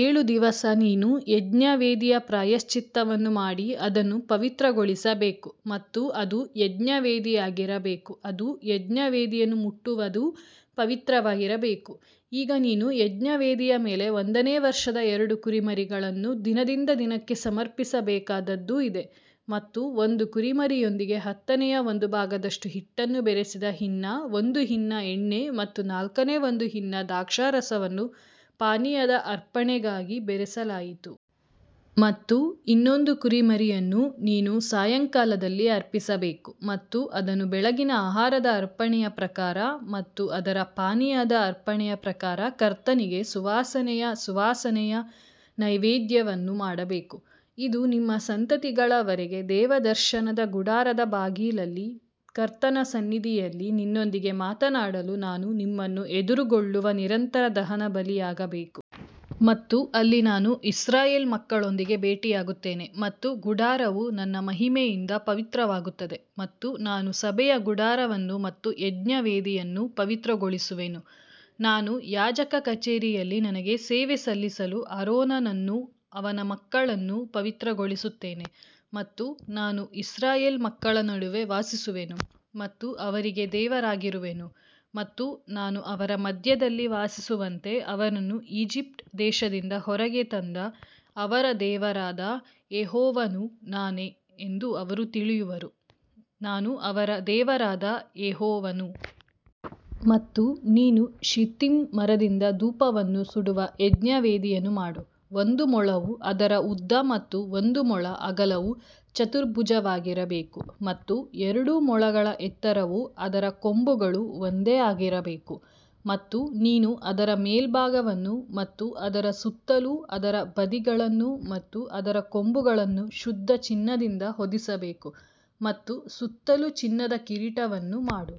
ಏಳು ದಿವಸ ನೀನು ಯಜ್ಞವೇದಿಯ ಪ್ರಾಯಶ್ಚಿತ್ತವನ್ನು ಮಾಡಿ ಅದನ್ನು ಪವಿತ್ರಗೊಳಿಸಬೇಕು ಮತ್ತು ಅದು ಯಜ್ಞವೇದಿಯಾಗಿರಬೇಕು ಅದು ಯಜ್ಞವೇದಿಯನ್ನು ಮುಟ್ಟುವದು ಪವಿತ್ರವಾಗಿರಬೇಕು. ಈಗ ನೀನು ಯಜ್ಞವೇದಿಯ ಮೇಲೆ ಒಂದನೇ ವರ್ಷದ ಎರಡು ಕುರಿಮರಿಗಳನ್ನು ದಿನದಿಂದ ದಿನಕ್ಕೆ ಸಮರ್ಪಿಸಬೇಕಾದದ್ದು ಇದೇ. ಮತ್ತು ಒಂದು ಕುರಿಮರಿಯೊಂದಿಗೆ ಹತ್ತನೆಯ ಒಂದು ಭಾಗದಷ್ಟು ಹಿಟ್ಟನ್ನು ಬೆರೆಸಿದ ಹಿನ್ನ ಒಂದು ಹಿನ್ನ ಎಣ್ಣೆ ಮತ್ತು ನಾಲ್ಕನೇ ಒಂದು ಹಿನ್ನ ದ್ರಾಕ್ಷಾರಸವನ್ನು ಪಾನೀಯದ ಅರ್ಪಣೆಗಾಗಿ ಬೆರೆಸಲಾಯಿತು. ಮತ್ತು ಇನ್ನೊಂದು ಕುರಿಮರಿಯನ್ನು ನೀನು ಸಾಯಂಕಾಲದಲ್ಲಿ ಅರ್ಪಿಸಬೇಕು ಮತ್ತು ಅದನ್ನು ಬೆಳಗಿನ ಆಹಾರದ ಅರ್ಪಣೆಯ ಪ್ರಕಾರ ಮತ್ತು ಅದರ ಪಾನೀಯದ ಅರ್ಪಣೆಯ ಪ್ರಕಾರ ಕರ್ತನಿಗೆ ಸುವಾಸನೆಯ ಸುವಾಸನೆಯ ನೈವೇದ್ಯವನ್ನು ಮಾಡಬೇಕು. ಇದು ನಿಮ್ಮ ಸಂತತಿಗಳ ವರೆಗೆ ದೇವದರ್ಶನದ ಗುಡಾರದ ಬಾಗಿಲಲ್ಲಿ ಕರ್ತನ ಸನ್ನಿಧಿಯಲ್ಲಿ ನಿನ್ನೊಂದಿಗೆ ಮಾತನಾಡಲು ನಾನು ನಿಮ್ಮನ್ನು ಎದುರುಗೊಳ್ಳುವ ನಿರಂತರ ದಹನಬಲಿಯಾಗಬೇಕು. ಮತ್ತು ಅಲ್ಲಿ ನಾನು ಇಸ್ರಾಯೇಲ್ ಮಕ್ಕಳೊಂದಿಗೆ ಭೇಟಿಯಾಗುತ್ತೇನೆ ಮತ್ತು ಗುಡಾರವು ನನ್ನ ಮಹಿಮೆಯಿಂದ ಪವಿತ್ರವಾಗುತ್ತದೆ ಮತ್ತು ನಾನು ಸಭೆಯ ಗುಡಾರವನ್ನು ಮತ್ತು ಯಜ್ಞವೇದಿಯನ್ನು ಪವಿತ್ರಗೊಳಿಸುವೆನು ನಾನು ಯಾಜಕ ಕಚೇರಿಯಲ್ಲಿ ನನಗೆ ಸೇವೆ ಸಲ್ಲಿಸಲು ಆರೋನನನ್ನೂ ಅವನ ಮಕ್ಕಳನ್ನೂ ಪವಿತ್ರಗೊಳಿಸುತ್ತೇನೆ. ಮತ್ತು ನಾನು ಇಸ್ರಾಯೇಲ್ ಮಕ್ಕಳ ನಡುವೆ ವಾಸಿಸುವೆನು ಮತ್ತು ಅವರಿಗೆ ದೇವರಾಗಿರುವೆನು ಮತ್ತು ನಾನು ಅವರ ಮಧ್ಯದಲ್ಲಿ ವಾಸಿಸುವಂತೆ ಅವರನ್ನು ಈಜಿಪ್ಟ್ ದೇಶದಿಂದ ಹೊರಗೆ ತಂದ ಅವರ ದೇವರಾದ ಯೆಹೋವನು ನಾನೇ ಎಂದು ಅವರು ತಿಳಿಯುವರು, ನಾನು ಅವರ ದೇವರಾದ ಯೆಹೋವನು. ಮತ್ತು ನೀನು ಶಿತ್ತಿಮ್ ಮರದಿಂದ ಧೂಪವನ್ನು ಸುಡುವ ಯಜ್ಞವೇದಿಯನ್ನು ಮಾಡು. ಒಂದು ಮೊಳವು ಅದರ ಉದ್ದ ಮತ್ತು ಒಂದು ಮೊಳ ಅಗಲವು ಚತುರ್ಭುಜವಾಗಿರಬೇಕು ಮತ್ತು ಎರಡು ಮೊಳಗಳ ಎತ್ತರವು ಅದರ ಕೊಂಬುಗಳು ಒಂದೇ ಆಗಿರಬೇಕು. ಮತ್ತು ನೀನು ಅದರ ಮೇಲ್ಭಾಗವನ್ನು ಮತ್ತು ಅದರ ಸುತ್ತಲೂ ಅದರ ಬದಿಗಳನ್ನು ಮತ್ತು ಅದರ ಕೊಂಬುಗಳನ್ನು ಶುದ್ಧ ಚಿನ್ನದಿಂದ ಹೊದಿಸಬೇಕು ಮತ್ತು ಸುತ್ತಲೂ ಚಿನ್ನದ ಕಿರೀಟವನ್ನು ಮಾಡು.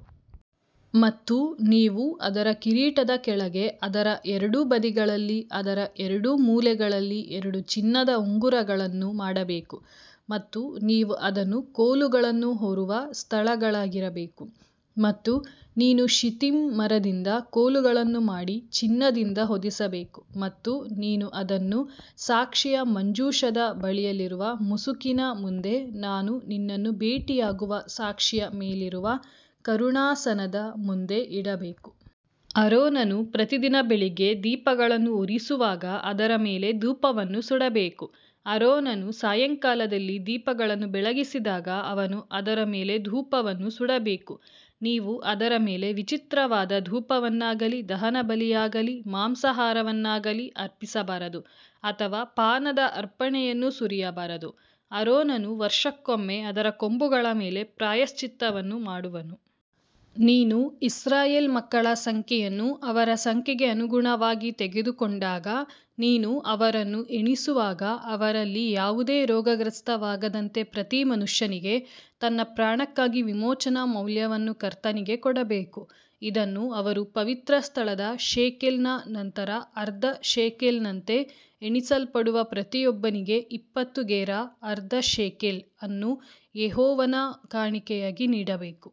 ಮತ್ತು ನೀವು ಅದರ ಕಿರೀಟದ ಕೆಳಗೆ ಅದರ ಎರಡು ಬದಿಗಳಲ್ಲಿ ಅದರ ಎರಡು ಮೂಲೆಗಳಲ್ಲಿ ಎರಡು ಚಿನ್ನದ ಉಂಗುರಗಳನ್ನು ಮಾಡಬೇಕು ಮತ್ತು ನೀವು ಅದನ್ನು ಕೋಲುಗಳನ್ನು ಹೊರುವ ಸ್ಥಳಗಳಾಗಿರಬೇಕು. ಮತ್ತು ನೀನು ಶಿತ್ತಿಮ್ ಮರದಿಂದ ಕೋಲುಗಳನ್ನು ಮಾಡಿ ಚಿನ್ನದಿಂದ ಹೊದಿಸಬೇಕು ಮತ್ತು ನೀನು ಅದನ್ನು ಸಾಕ್ಷಿಯ ಮಂಜೂಷದ ಬಳಿಯಲ್ಲಿರುವ ಮುಸುಕಿನ ಮುಂದೆ ನಾನು ನಿನ್ನನ್ನು ಭೇಟಿಯಾಗುವ ಸಾಕ್ಷಿಯ ಮೇಲಿರುವ ಕರುಣಾಾಸನದ ಮುಂದೆ ಇಡಬೇಕು. ಆರೋನನು ಪ್ರತಿದಿನ ಬೆಳಿಗ್ಗೆ ದೀಪಗಳನ್ನು ಉರಿಸುವಾಗ ಅದರ ಮೇಲೆ ಧೂಪವನ್ನು ಸುಡಬೇಕು. ಆರೋನನು ಸಾಯಂಕಾಲದಲ್ಲಿ ದೀಪಗಳನ್ನು ಬೆಳಗಿಸಿದಾಗ ಅವನು ಅದರ ಮೇಲೆ ಧೂಪವನ್ನು ಸುಡಬೇಕು. ನೀವು ಅದರ ಮೇಲೆ ವಿಚಿತ್ರವಾದ ಧೂಪವನ್ನಾಗಲಿ ದಹನಬಲಿಯಾಗಲಿ ಮಾಂಸಾಹಾರವನ್ನಾಗಲಿ ಅರ್ಪಿಸಬಾರದು ಅಥವಾ ಪಾನದ ಅರ್ಪಣೆಯನ್ನು ಸುರಿಯಬಾರದು. ಆರೋನನು ವರುಷಕ್ಕೊಮ್ಮೆ ಅದರ ಕೊಂಬುಗಳ ಮೇಲೆ ಪ್ರಾಯಶ್ಚಿತ್ತವನ್ನು ಮಾಡುವನು. ನೀನು ಇಸ್ರಾಯೇಲ್ ಮಕ್ಕಳ ಸಂಖ್ಯೆಯನ್ನು ಅವರ ಸಂಖ್ಯೆಗೆ ಅನುಗುಣವಾಗಿ ತೆಗೆದುಕೊಂಡಾಗ ನೀನು ಅವರನ್ನು ಎಣಿಸುವಾಗ ಅವರಲ್ಲಿ ಯಾವುದೇ ರೋಗಗ್ರಸ್ತವಾಗದಂತೆ ಪ್ರತಿ ಮನುಷ್ಯನಿಗೆ ತನ್ನ ಪ್ರಾಣಕ್ಕಾಗಿ ವಿಮೋಚನಾ ಮೌಲ್ಯವನ್ನು ಕರ್ತನಿಗೆ ಕೊಡಬೇಕು. ಇದನ್ನು ಅವರು ಪವಿತ್ರಸ್ಥಳದ ಶೇಕೆಲ್ನ ನಂತರ ಅರ್ಧ ಶೆಕೆಲ್ನಂತೆ ಎಣಿಸಲ್ಪಡುವ ಪ್ರತಿಯೊಬ್ಬನಿಗೆ ಇಪ್ಪತ್ತು ಗೇರಾ ಅರ್ಧ ಶೆಕೆಲ್ ಅನ್ನು ಯೆಹೋವನ ಕಾಣಿಕೆಯಾಗಿ ನೀಡಬೇಕು.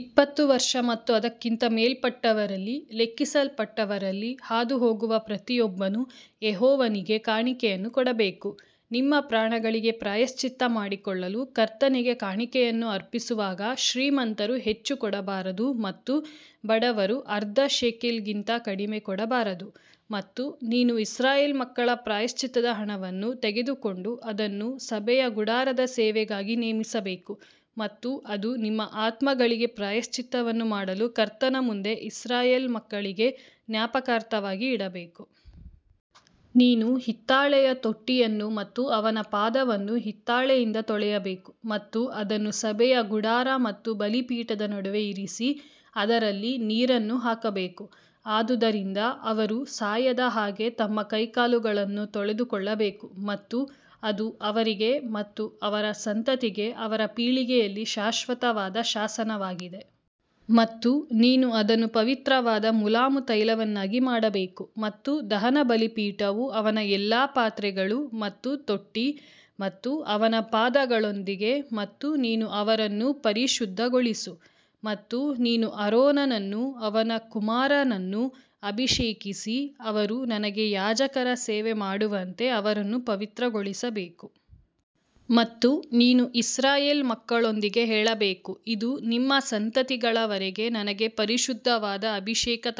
ಇಪ್ಪತ್ತು ವರ್ಷ ಮತ್ತು ಅದಕ್ಕಿಂತ ಮೇಲ್ಪಟ್ಟವರಲ್ಲಿ ಲೆಕ್ಕಿಸಲ್ಪಟ್ಟವರಲ್ಲಿ ಹಾದುಹೋಗುವ ಪ್ರತಿಯೊಬ್ಬನು ಯೆಹೋವನಿಗೆ ಕಾಣಿಕೆಯನ್ನು ಕೊಡಬೇಕು. ನಿಮ್ಮ ಪ್ರಾಣಗಳಿಗೆ ಪ್ರಾಯಶ್ಚಿತ್ತ ಮಾಡಿಕೊಳ್ಳಲು ಕರ್ತನಿಗೆ ಕಾಣಿಕೆಯನ್ನು ಅರ್ಪಿಸುವಾಗ ಶ್ರೀಮಂತರು ಹೆಚ್ಚು ಕೊಡಬಾರದು ಮತ್ತು ಬಡವರು ಅರ್ಧ ಶೇಕೆಲ್ಗಿಂತ ಕಡಿಮೆ ಕೊಡಬಾರದು. ಮತ್ತು ನೀನು ಇಸ್ರಾಯೇಲ್ ಮಕ್ಕಳ ಪ್ರಾಯಶ್ಚಿತ್ತದ ಹಣವನ್ನು ತೆಗೆದುಕೊಂಡು ಅದನ್ನು ಸಭೆಯ ಗುಡಾರದ ಸೇವೆಗಾಗಿ ನೇಮಿಸಬೇಕು ಮತ್ತು ಅದು ನಿಮ್ಮ ಆತ್ಮಗಳಿಗೆ ಪ್ರಾಯಶ್ಚಿತ್ತವನ್ನು ಮಾಡಲು ಕರ್ತನ ಮುಂದೆ ಇಸ್ರಾಯೇಲ್ ಮಕ್ಕಳಿಗೆ ಜ್ಞಾಪಕಾರ್ಥವಾಗಿ ಇಡಬೇಕು. ನೀನು ಹಿತ್ತಾಳೆಯ ತೊಟ್ಟಿಯನ್ನು ಮತ್ತು ಅವನ ಪಾದವನ್ನು ಹಿತ್ತಾಳೆಯಿಂದ ತೊಳೆಯಬೇಕು ಮತ್ತು ಅದನ್ನು ಸಭೆಯ ಗುಡಾರ ಮತ್ತು ಬಲಿಪೀಠದ ನಡುವೆ ಇರಿಸಿ ಅದರಲ್ಲಿ ನೀರನ್ನು ಹಾಕಬೇಕು. ಆದುದರಿಂದ ಅವರು ಸಾಯದ ಹಾಗೆ ತಮ್ಮ ಕೈಕಾಲುಗಳನ್ನು ತೊಳೆದುಕೊಳ್ಳಬೇಕು ಮತ್ತು ಅದು ಅವರಿಗೆ ಮತ್ತು ಅವರ ಸಂತತಿಗೆ ಅವರ ಪೀಳಿಗೆಯಲ್ಲಿ ಶಾಶ್ವತವಾದ ಶಾಸನವಾಗಿದೆ. ಮತ್ತು ನೀನು ಅದನ್ನು ಪವಿತ್ರವಾದ ಮುಲಾಮು ತೈಲವನ್ನಾಗಿ ಮಾಡಬೇಕು ಮತ್ತು ದಹನ ಬಲಿಪೀಠವು ಅವನ ಎಲ್ಲಾ ಪಾತ್ರೆಗಳು ಮತ್ತು ತೊಟ್ಟಿ ಮತ್ತು ಅವನ ಪಾದಗಳೊಂದಿಗೆ ಮತ್ತು ನೀನು ಅವರನ್ನು ಪರಿಶುದ್ಧಗೊಳಿಸು ಮತ್ತು ನೀನು ಆರೋನನನ್ನೂ ಅವನ ಕುಮಾರರನ್ನೂ ಅಭಿಷೇಕಿಸಿ ಅವರು ನನಗೆ ಯಾಜಕರ ಸೇವೆಮಾಡುವಂತೆ ಅವರನ್ನು ಪವಿತ್ರಗೊಳಿಸಬೇಕು. ಮತ್ತು ನೀನು ಇಸ್ರಾಯೇಲ್ ಮಕ್ಕಳೊಂದಿಗೆ ಹೇಳಬೇಕು ಇದು ನಿಮ್ಮ ಸಂತತಿಗಳ ವರೆಗೆ ನನಗೆ ಪರಿಶುದ್ಧವಾದ ಅಭಿಷೇಕ ತೈಲವಾಗಿರಬೇಕು.